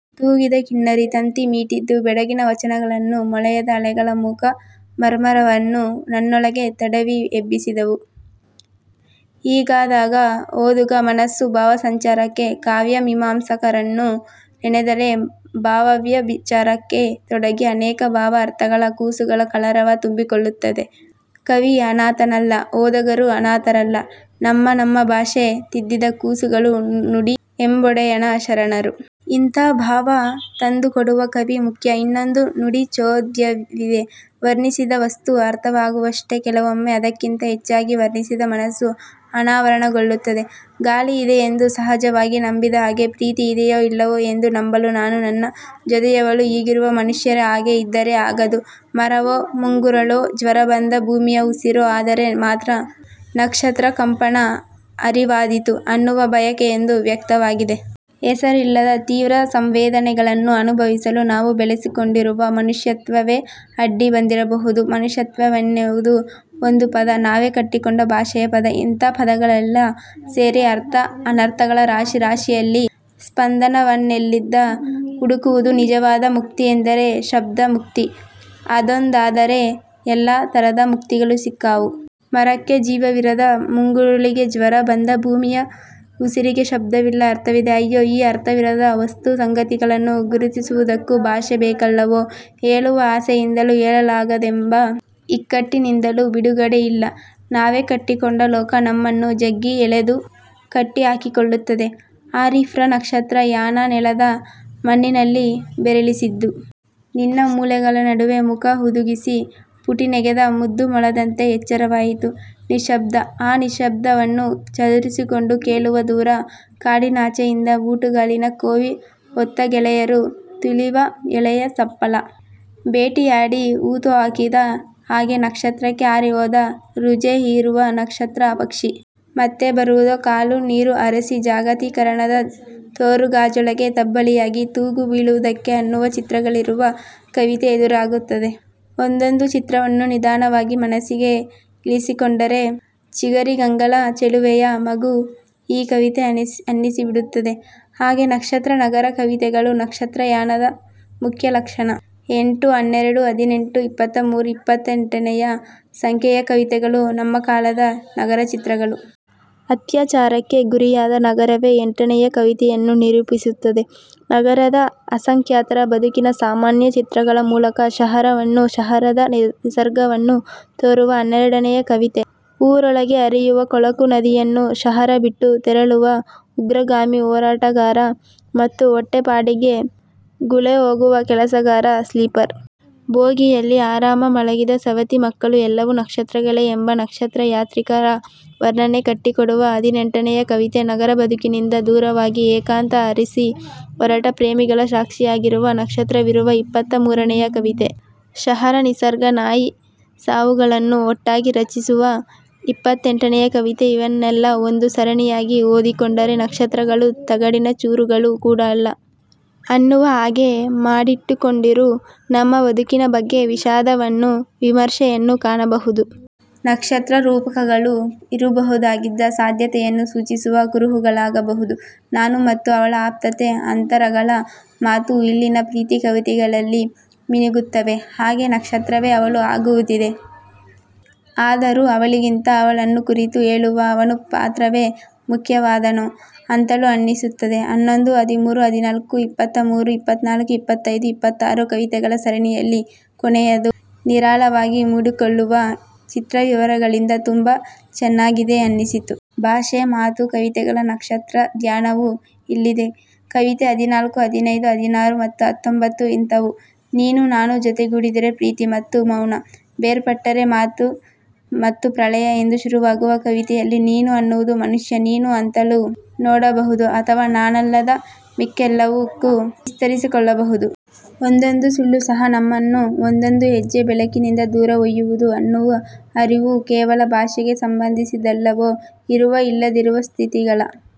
ತೂಗಿದ ಕಿನ್ನರಿ ತಂತಿ ಮೀಟಿದ್ದು, ಬೆಡಗಿನ ವಚನಗಳನ್ನೂ ಮೊಳೆಯದ ಅಲೆಗಳ ಮೂಕ ಮರ್ಮರವನ್ನೂ ನನ್ನೊಳಗೆ ತಡವಿ ಎಬ್ಬಿಸಿದವು. ಹೀಗಾದಾಗ ಓದುಗ ಮನಸ್ಸು ಭಾವಸಂಚಾರಕ್ಕೆ ಕಾವ್ಯಮೀಮಾಂಸಕರನ್ನು ನೆನೆದರೆ ಭಾವವ್ಯಭಿಚಾರಕ್ಕೆ ತೊಡಗಿ ಅನೇಕ ಭಾವ ಅರ್ಥಗಳ ಕೂಸುಗಳ ಕಲರವ ತುಂಬಿಕೊಳ್ಳುತ್ತದೆ. ಕವಿ ಅನಾಥನಲ್ಲ ಓದುಗರೂ ಅನಾಥರಲ್ಲ ನಮ್ಮ ನಮ್ಮ ಭಾಷೆ ತಿದ್ದಿದ ಕೂಸುಗಳು, 'ನುಡಿ'ಎಂಬೊಡೆಯನ ಶರಣರು. ಇಂಥ ಭಾವ ತಂದುಕೊಡುವ ಕವಿ ಮುಖ್ಯ. ಇನ್ನೊಂದು ನುಡಿಚೋದ್ಯವಿದೆ ವರ್ಣಿಸಿದ ವಸ್ತು ಅರ್ಥವಾಗುವಷ್ಟೇ ಕೆಲವೊಮ್ಮೆ ಅದಕ್ಕಿಂತ ಹೆಚ್ಚಾಗಿ ವರ್ಣಿಸಿದ ಮನಸ್ಸು ಅನಾವರಣಗೊಳ್ಳುತ್ತದೆ. ಗಾಳಿ ಇದೆ ಎಂದು ಸಹಜವಾಗಿ ನಂಬಿದ ಹಾಗೆ ಪ್ರೀತಿ ಇದೆಯೋ ಇಲ್ಲವೋ ಎಂದು ನಂಬಲು ನಾನೂ ನನ್ನ ಜೊತೆಯವಳೂ ಈಗಿರುವ ಮನುಷ್ಯರ ಹಾಗೆ ಇದ್ದರೆ ಆಗದು ಮರವೋ ಮುಂಗುರುಳೋ ಜ್ವರಬಂದ ಭೂಮಿಯ ಉಸಿರೋ ಆದರೆ ಮಾತ್ರ ನಕ್ಷತ್ರಕಂಪನ ಅರಿವಾದೀತು ಅನ್ನುವ ಬಯಕೆಯೊಂದು ವ್ಯಕ್ತವಾಗಿದೆ. ಹೆಸರಿಲ್ಲದ ತೀವ್ರ ಸಂವೇದನೆಗಳನ್ನು ಅನುಭವಿಸಲು ನಾವು ಬೆಳೆಸಿಕೊಂಡಿರುವ 'ಮನುಷ್ಯತ್ವ'ವೇ ಅಡ್ಡಿ ಬಂದಿರಬಹುದು. ಮನುಷ್ಯತ್ವವೆನ್ನುವುದು ಒಂದು ಪದ, ನಾವೇ ಕಟ್ಟಿಕೊಂಡ ಭಾಷೆಯ ಪದ. ಇಂಥ ಪದಗಳೆಲ್ಲ ಸೇರಿ ಅರ್ಥ ಅನರ್ಥಗಳ ರಾಶಿ ರಾಶಿಯಲ್ಲಿ ಸ್ಪಂದನವನ್ನೆಲ್ಲಿಂದ ಹುಡುಕುವುದು. ನಿಜವಾದ ಮುಕ್ತಿ ಎಂದರೆ ಶಬ್ದಮುಕ್ತಿ. ಅದೊಂದಾದರೆ ಎಲ್ಲ ಥರದ ಮುಕ್ತಿಗಳೂ ಸಿಕ್ಕಾವು. ಮರಕ್ಕೆ ಜೀವವಿರದ ಮುಂಗುರುಳಿಗೆ, ಜ್ವರ ಬಂದ ಭೂಮಿಯ ಉಸಿರಿಗೆ ಶಬ್ದವಿಲ್ಲ ಅರ್ಥವಿದೆ. ಅಯ್ಯೋ ಈ ಅರ್ಥವಿರದ ವಸ್ತು ಸಂಗತಿಗಳನ್ನು ಗುರುತಿಸುವುದಕ್ಕೂ ಭಾಷೆ ಬೇಕಲ್ಲವೋ ಹೇಳುವ ಆಸೆಯಿಂದಲೂ ಹೇಳಲಾಗದೆಂಬ ಇಕ್ಕಟ್ಟಿನಿಂದಲೂ ಬಿಡುಗಡೆ ಇಲ್ಲ. ನಾವೇ ಕಟ್ಟಿಕೊಂಡ ಲೋಕ ನಮ್ಮನ್ನು ಜಗ್ಗಿ ಎಳೆದು ಕಟ್ಟಿಹಾಕಿಕೊಳ್ಳುತ್ತದೆ. ಆರಿಫ್ರ ನಕ್ಷತ್ರ ಯಾನ ನೆಲದ ಮಣ್ಣಿನಲ್ಲಿ ಬೇರಿಳಿಸಿದ್ದು. ನಿನ್ನ ಮೊಲೆಗಳ ನಡುವೆ ಮುಖಹುದುಗಿಸಿ ಪುಟಿನೆಗೆದ ಮುದ್ದು ಮೊಲದಂತೆ ಎಚ್ಚರವಾಯಿತು ನಿಶಬ್ದ. ಆ ನಿಶ್ಶಬ್ದವನ್ನು ಚದುರಿಸಿಕೊಂಡು ಕೇಳುವ ದೂರ ಕಾಡಿನಾಚೆಯಿಂದ ಬೂಟುಗಾಲಿನ ಕೋವಿ ಹೊತ್ತ ಗೆಳೆಯರು ತುಳಿವ ಎಲೆಯ ಸಪ್ಪಳ. ಬೇಟೆಯಾಡಿ ಹೂತು ಹಾಕಿದ ಹಾಗೆ ನಕ್ಷತ್ರಕ್ಕೆ ಹಾರಿ ಹೋದ ರುಜೆ ಹೀರುವ ನಕ್ಷತ್ರ ಪಕ್ಷಿ. ಮತ್ತೆ ಬರುವುದೋ ಕಾಳು ನೀರು ಅರಸಿ ಜಾಗತೀಕರಣದ ತೋರುಗಾಜೊಳಗೆ ತಬ್ಬಲಿಯಾಗಿ ತೂಗುಬೀಳುವುದಕ್ಕೆ ಅನ್ನುವ ಚಿತ್ರಗಳಿರುವ ಕವಿತೆ ಎದುರಾಗುತ್ತದೆ. ಒಂದೊಂದೂ ಚಿತ್ರವನ್ನು ನಿಧಾನವಾಗಿ ಮನಸ್ಸಿಗೆ ಇಳಿಸಿಕೊಂಡರೆ 'ಚಿಗರಿಗಂಗಳ ಚೆಲುವೆ'ಯ ಮಗು ಈ ಕವಿತೆ ಅನ್ನಿಸಿಬಿಡುತ್ತದೆ. ಹಾಗೆ ನಕ್ಷತ್ರ-ನಗರ ಕವಿತೆಗಳು ನಕ್ಷತ್ರ ಯಾನದ ಮುಖ್ಯ ಲಕ್ಷಣ. ಎಂಟು, ಹನ್ನೆರಡು, ಹದಿನೆಂಟು, ಇಪ್ಪತ್ತ ಮೂರು, ಇಪ್ಪತ್ತೆಂಟನೆಯ, ಸಂಖ್ಯೆಯ ಕವಿತೆಗಳು ನಮ್ಮ ಕಾಲದ ನಗರಚಿತ್ರಗಳು. ಅತ್ಯಾಚಾರಕ್ಕೆ ಗುರಿಯಾದ ನಗರವೇ ಎಂಟನೆಯ ಕವಿತೆಯನ್ನು ನಿರೂಪಿಸುತ್ತದೆ. ನಗರದ ಅಸಂಖ್ಯಾತರ ಬದುಕಿನ ಸಾಮಾನ್ಯ ಚಿತ್ರಗಳ ಮೂಲಕ ಶಹರವನ್ನೂ ಶಹರದ ನಿಸರ್ಗವನ್ನೂ ತೋರುವ ಹನ್ನೆರಡನೆಯ ಕವಿತೆ. ಊರೊಳಗೆ ಹರಿಯುವ ಕೊಳಕು ನದಿಯನ್ನೂ, ಶಹರ ಬಿಟ್ಟು ತೆರಳುವ ಉಗ್ರಗಾಮಿ ಹೋರಾಟಗಾರ ಮತ್ತು ಹೊಟ್ಟೆ ಪಾಡಿಗೆ ಗುಳೆಹೋಗುವ ಕೆಲಸಗಾರ ಸ್ಲೀಪರ್ ಬೋಗಿಯಲ್ಲಿ ಆರಾಮ ಮಲಗಿದ ಸವತಿ ಮಕ್ಕಳು ಎಲ್ಲವೂ ನಕ್ಷತ್ರಗಳೇ ಎಂಬ 'ನಕ್ಷತ್ರ ಯಾತ್ರಿಕ'ರ ವರ್ಣನೆ ಕಟ್ಟಿಕೊಡುವ ಹದಿನೆಂಟನೆಯ ಕವಿತೆ, ನಗರ ಬದುಕಿನಿಂದ ದೂರವಾಗಿ ಏಕಾಂತ ಅರಸಿ ಹೊರಟ ಪ್ರೇಮಿಗಳ ಸಾಕ್ಷಿಯಾಗಿರುವ ನಕ್ಷತ್ರವಿರುವ ಇಪ್ಪತ್ತ ಮೂರನೆಯ ಕವಿತೆ, ಶಹರ ನಿಸರ್ಗ ನಾಯಿ ಸಾವುಗಳನ್ನು ಒಟ್ಟಾಗಿ ರಚಿಸುವ ಇಪ್ಪತ್ತೆಂಟನೆಯ ಕವಿತೆ ಇವನ್ನೆಲ್ಲ ಒಂದು ಸರಣಿಯಾಗಿ ಓದಿಕೊಂಡರೆ ನಕ್ಷತ್ರಗಳು ತಗಡಿನ ಚೂರುಗಳು ಕೂಡ ಅಲ್ಲ ಅನ್ನುವ ಹಾಗೆ ಮಾಡಿಟ್ಟುಕೊಂಡಿರು ನಮ್ಮ ಬದುಕಿನ ಬಗ್ಗೆ ವಿಷಾದವನ್ನೂ ವಿಮರ್ಶೆಯನ್ನೂ ಕಾಣಬಹುದು. ನಕ್ಷತ್ರ ರೂಪಕಗಳು ಇರಬಹುದಾಗಿದ್ದ ಸಾಧ್ಯತೆಯನ್ನು ಸೂಚಿಸುವ ಕುರುಹುಗಳಾಗಬಹುದು. 'ನಾನು' ಮತ್ತು 'ಅವಳ' ಆಪ್ತತೆ, ಅಂತರಗಳ ಮಾತೂ ಇಲ್ಲಿನ ಪ್ರೀತಿ ಕವಿತೆಗಳಲ್ಲಿ ಮಿನುಗುತ್ತವೆ; ಹಾಗೇ ನಕ್ಷತ್ರವೇ 'ಅವಳು' ಆಗುವುದಿದೆ. ಆದರೂ ಅವಳಿಗಿಂತ ಅವಳನ್ನು ಕುರಿತು ಹೇಳುವ 'ಅವನು' ಮಾತ್ರವೇ ಮುಖ್ಯವಾದನೋ ಅಂತಲೂ ಅನ್ನಿಸುತ್ತದೆ. ಹನ್ನೊಂದು, ಹದಿಮೂರು, ಹದಿನಾಲ್ಕು, ಇಪ್ಪತ್ತ ಮೂರು, ಇಪ್ಪಾತ್ತ್ನಾಲ್ಕು, ಇಪ್ಪತ್ತೈದು, ಇಪ್ಪತ್ತಾರು ಕವಿತೆಗಳ ಸರಣಿಯಲ್ಲಿ ಕೊನೆಯದು ನಿರಾಳವಾಗಿ ಮೂಡಿಕೊಳ್ಳುವ ಚಿತ್ರವಿವರಗಳಿಂದ ತುಂಬ ಚೆನ್ನಾಗಿದೆ ಅನ್ನಿಸಿತು. ಭಾಷೆ, ಮಾತು, ಕವಿತೆಗಳ ನಕ್ಷತ್ರಧ್ಯಾನವೂ ಇಲ್ಲಿದೆ. ಕವಿತೆ ಹದಿನಾಲ್ಕು ಹದಿನೈದು ಹದಿನಾರು ಮತ್ತು ಹತ್ತೊಂಭತ್ತು ಇಂಥವು. 'ನೀನು-ನಾನು ಜೊತೆಗೂಡಿದರೆ ಪ್ರೀತಿ ಮತ್ತು ಮೌನ; ಬೇರ್ಪಟ್ಟರೆ ಮಾತು ಮತ್ತು ಪ್ರಳಯ' ಎಂದು ಶುರುವಾಗುವ ಕವಿತೆಯಲ್ಲಿ ನೀನು ಅನ್ನುವುದನ್ನು ಮನುಷ್ಯ ನೀನು ಅಂತಲೂ ನೋಡಬಹುದು, ಅಥವ ನಾನಲ್ಲದ ಮಿಕ್ಕೆಲ್ಲಕ್ಕೂ ವಿಸ್ತರಿಸಿಕೊಳ್ಳಬಹುದು. 'ಒಂದೊಂದು ಸುಳ್ಳು ಸಹ ನಮ್ಮನು ಒಂದೊಂದು ಹೆಜ್ಜೆ ಬೆಳಕಿನಿಂದ ದೂರ ಒಯ್ಯುವುದು' ಅನ್ನುವ ಅರಿವು ಕೇವಲ ಭಾಷೆಗೆ ಸಂಬಂಧಿಸಿದ್ದಲ್ಲವೋ ಇರುವ ಇಲ್ಲದಿರುವ ಸ್ಥಿತಿಗಳ